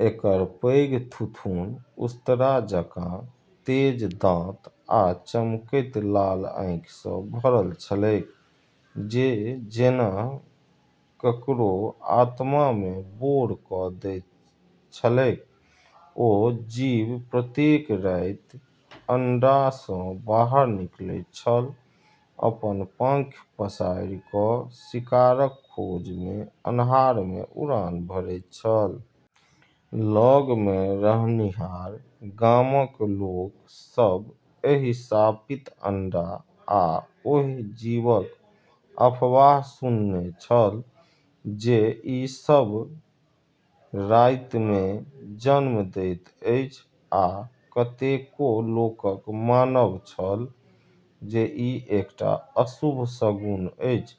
एकर पैघ थुथुन उस्तरा जकाँ तेज दाँत आ चमकैत लाल आँखि सँ भरल छलैक जे जेना ककरो आत्मा मे बोर क' दैत छलैक। ओ जीव प्रत्येक राति अंडा सँ बाहर निकलैत छल, अपन पाँखि पसारि क' शिकारक खोज मे अन्हार मे उड़ान भरैत छल। लग मे रहनिहार गामक लोक सभ एहि शापित अंडा आ ओहि जीवक अफवाह सुनने छल जे ई सभ राति मे जन्म दैत अछि आ कतेको लोकक मानब छल जे ई एकटा अशुभ शगुन अछि,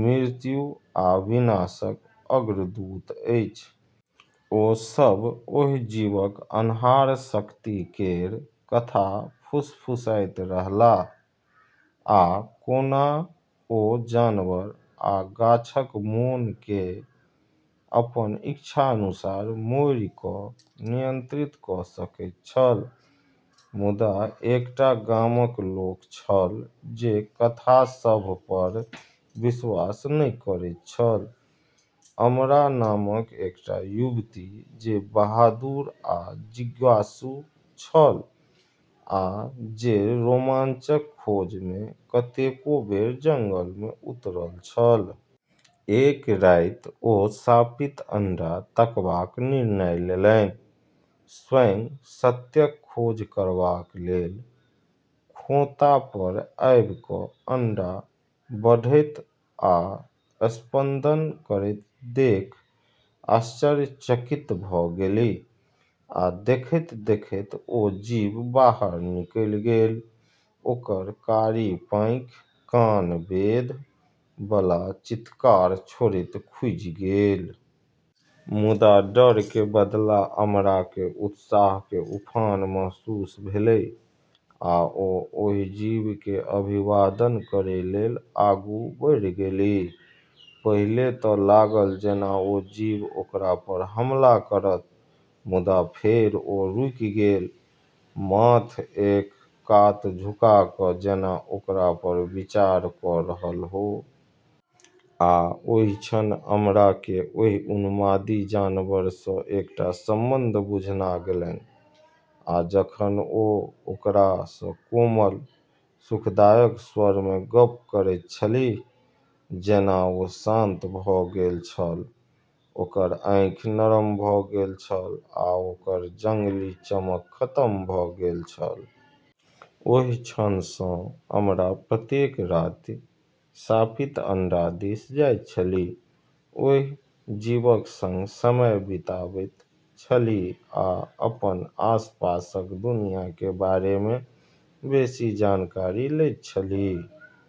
मृत्यु आ विनाशक अग्रदूत अछि। ओ सभ ओहि जीवक अन्हार शक्ति केर कथा फुसफुसाइत रहलाह, आ कोना ओ जानवर आ गाछक मोन केँ अपन इच्छानुसार मोड़ि क' नियंत्रित क' सकैत छल। मुदा एकटा गामक लोक छल जे कथा सभ पर विश्वास नहि करैत छल, अमरा नामक एकटा युवती जे बहादुर आ जिज्ञासु छल, आ जे रोमांचक खोज मे कतेको बेर जंगल मे उतरल छल। एक राति ओ शापित अंडा तकबाक निर्णय लेलनि, स्वयं सत्यक खोज करबाक लेल। खोंता पर आबि क' अंडा बढ़ैत आ स्पंदन करैत देखि आश्चर्यचकित भ' गेलीह आ देखैत-देखैत ओ जीव बाहर निकलि गेल, ओकर कारी पाँखि कान बेध' बला चीत्कार छोड़ैत खुजि गेल। मुदा डर के बदला अमरा के उत्साह के उफान महसूस भेलै, आ ओ ओहि जीव के अभिवादन करय लेल आगू बढ़ि गेलीह। पहिले त' लागल जेना ओ जीव ओकरा पर हमला करत, मुदा फेर ओ रुकि गेल, माथ एक कात झुका क' जेना ओकरा पर विचार क' रहल हो। आ ओहि क्षण अमरा केँ ओहि उन्मादी जानवर सँ एकटा संबंध बुझना गेलनि, आ जखन ओ ओकरा सँ कोमल, सुखदायक स्वर मे गप्प करैत छलीह, जेना ओ शान्त भ' गेल छल, ओकर आँखि नरम भ' गेल छल आ ओकर जंगली चमक खतम भ' गेल छल। ओहि क्षण सँ अमरा प्रत्येक राति शापित अंडा दिस जाइत छलीह, ओहि जीवक संग समय बिताबैत छलीह आ अपन आसपासक दुनिया के बारे मे बेसी जानकारी लैत छलीह।